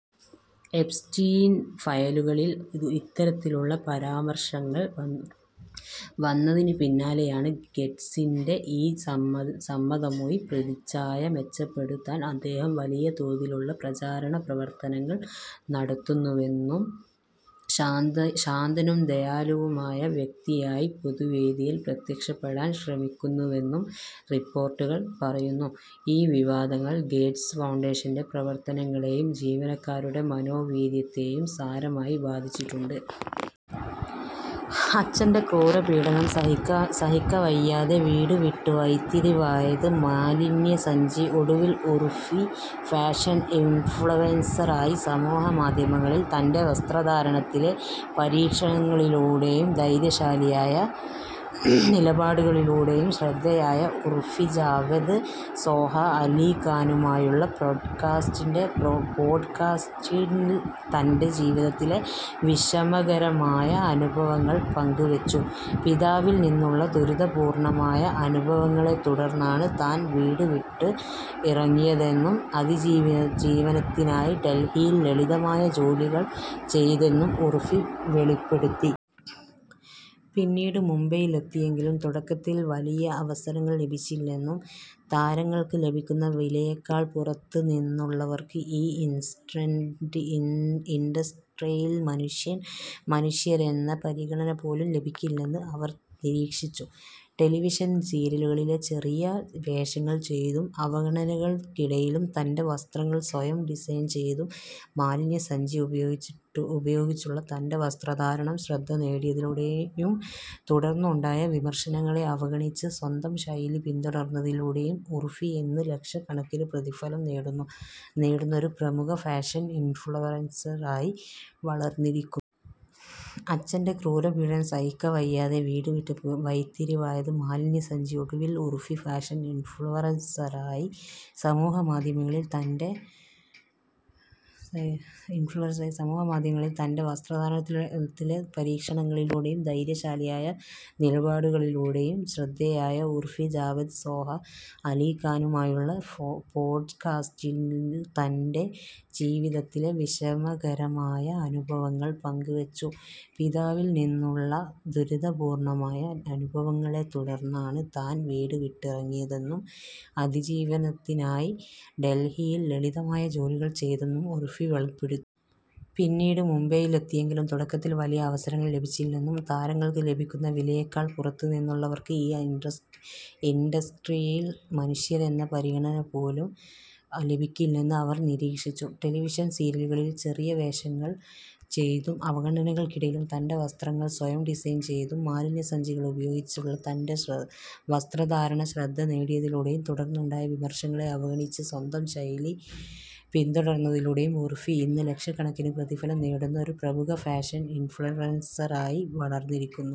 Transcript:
Epstein ഫയലുകളിൽ ഇത്തരത്തിലുള്ള പരാമർശങ്ങൾ വന്നതിന് പിന്നാലെയാണ് ഗേറ്റ്സിന്റെ ഈ സമ്മതമൊഴി. പ്രതിച്ഛായ മെച്ചപ്പെടുത്താൻ അദ്ദേഹം വലിയ തോതിലുള്ള പ്രചാരണ പ്രവർത്തനങ്ങൾ നടത്തുന്നുവെന്നും, ശാന്തനും ദയാലുവുമായ വ്യക്തിയായി പൊതുവേദിയിൽ പ്രത്യക്ഷപ്പെടാൻ ശ്രമിക്കുന്നുവെന്നും റിപ്പോർട്ടുകൾ പറയുന്നു. ഈ വിവാദങ്ങൾ ഗേറ്റ്സ് ഫൗണ്ടേഷന്റെ പ്രവർത്തനങ്ങളെയും ജീവനക്കാരുടെ മനോവീര്യത്തെയും സാരമായി ബാധിച്ചിട്ടുണ്ട്. അച്ഛന്റെ ക്രൂരപീഡനം സഹിക്കവയ്യാതെ വീടുവിട്ടു, വഴിത്തിരിവായത് 'മാലിന്യസഞ്ചി': ഒടുവിൽ ഉർഫി ഫാഷൻ ഇൻഫ്ലുവൻസറായി। സമൂഹമാധ്യമങ്ങളിൽ തൻ്റെ വസ്ത്രധാരണത്തിലെ പരീക്ഷണങ്ങളിലൂടെയും ധൈര്യശാലിയായ നിലപാടുകളിലൂടെയും ശ്രദ്ധേയയായ ഉർഫി ജാവേദ്, സോഹ അലി ഖാനുമായുള്ള പോഡ്കാസ്റ്റിൽ തൻ്റെ ജീവിതത്തിലെ വിഷമകരമായ അനുഭവങ്ങൾ പങ്കുവെച്ചു. പിതാവിൽ നിന്നുള്ള ദുരിതപൂർണ്ണമായ അനുഭവങ്ങളെത്തുടർന്നാണ് താൻ വീടുവിട്ടിറങ്ങിയതെന്നും, അതിജീവനത്തിനായി ഡൽഹിയിൽ ലളിതമായ ജോലികൾ ചെയ്തെന്നും ഉർഫി വെളിപ്പെടുത്തി. പിന്നീട് മുംബൈയിലെത്തിയെങ്കിലും തുടക്കത്തിൽ വലിയ അവസരങ്ങൾ ലഭിച്ചില്ലെന്നും, താരങ്ങൾക്ക് ലഭിക്കുന്ന വിലയേക്കാൾ പുറത്തുനിന്നുള്ളവർക്ക് ഈ ഇൻഡസ്ട്രിയിൽ മനുഷ്യരെന്ന പരിഗണന പോലും ലഭിക്കില്ലെന്ന് അവർ നിരീക്ഷിച്ചു. ടെലിവിഷൻ സീരിയലുകളിൽ ചെറിയ വേഷങ്ങൾ ചെയ്തും, അവഗണനകൾക്കിടയിലും തൻ്റെ വസ്ത്രങ്ങൾ സ്വയം ഡിസൈൻ ചെയ്തും, മാലിന്യസഞ്ചി ഉപയോഗിച്ചുള്ള തൻ്റെ വസ്ത്രധാരണം ശ്രദ്ധ നേടിയതിലൂടെയും, തുടർന്നുണ്ടായ വിമർശനങ്ങളെ അവഗണിച്ച് സ്വന്തം ശൈലി പിന്തുടർന്നതിലൂടെയും ഉർഫി ഇന്ന് ലക്ഷക്കണക്കിന് പ്രതിഫലം നേടുന്ന ഒരു പ്രമുഖ ഫാഷൻ ഇൻഫ്ലുവൻസറായി വളർന്നിരിക്കുന്നു. അച്ഛന്റെ ക്രൂരപീഡനം സഹിക്കവയ്യാതെ വീടുവിട്ടു, വഴിത്തിരിവായത് 'മാലിന്യസഞ്ചി': ഒടുവിൽ ഉർഫി ഫാഷൻ ഇൻഫ്ലുവൻസറായി സമൂഹമാധ്യമങ്ങളിൽ തൻ്റെ വസ്ത്രധാരണത്തിലെ പരീക്ഷണങ്ങളിലൂടെയും ധൈര്യശാലിയായ നിലപാടുകളിലൂടെയും ശ്രദ്ധേയയായ ഉർഫി ജാവേദ്, സോഹ അലി ഖാനുമായുള്ള പോഡ്കാസ്റ്റിൽ തൻ്റെ ജീവിതത്തിലെ വിഷമകരമായ അനുഭവങ്ങൾ പങ്കുവെച്ചു. പിതാവിൽ നിന്നുള്ള ദുരിതപൂർണ്ണമായ അനുഭവങ്ങളെത്തുടർന്നാണ് താൻ വീടുവിട്ടിറങ്ങിയതെന്നും, അതിജീവനത്തിനായി ഡൽഹിയിൽ ലളിതമായ ജോലികൾ ചെയ്തെന്നും ഉർഫി വെളിപ്പെടുത്തി. പിന്നീട് മുംബൈയിലെത്തിയെങ്കിലും തുടക്കത്തിൽ വലിയ അവസരങ്ങൾ ലഭിച്ചില്ലെന്നും, താരങ്ങൾക്ക് ലഭിക്കുന്ന വിലയേക്കാൾ പുറത്തുനിന്നുള്ളവർക്ക് ഈ ഇൻഡസ്ട്രിയിൽ മനുഷ്യരെന്ന പരിഗണന പോലും ലഭിക്കില്ലെന്ന് അവർ നിരീക്ഷിച്ചു. ടെലിവിഷൻ സീരിയലുകളിൽ ചെറിയ വേഷങ്ങൾ ചെയ്തും, അവഗണനകൾക്കിടയിലും തൻ്റെ വസ്ത്രങ്ങൾ സ്വയം ഡിസൈൻ ചെയ്തും, മാലിന്യസഞ്ചി ഉപയോഗിച്ചുള്ള തൻ്റെ വസ്ത്രധാരണം ശ്രദ്ധ നേടിയതിലൂടെയും, തുടർന്നുണ്ടായ വിമർശനങ്ങളെ അവഗണിച്ച് സ്വന്തം ശൈലി പിന്തുടർന്നതിലൂടെയും ഉർഫി ഇന്ന് ലക്ഷക്കണക്കിന് പ്രതിഫലം നേടുന്ന ഒരു പ്രമുഖ ഫാഷൻ ഇൻഫ്ലുവൻസറായി വളർന്നിരിക്കുന്നു.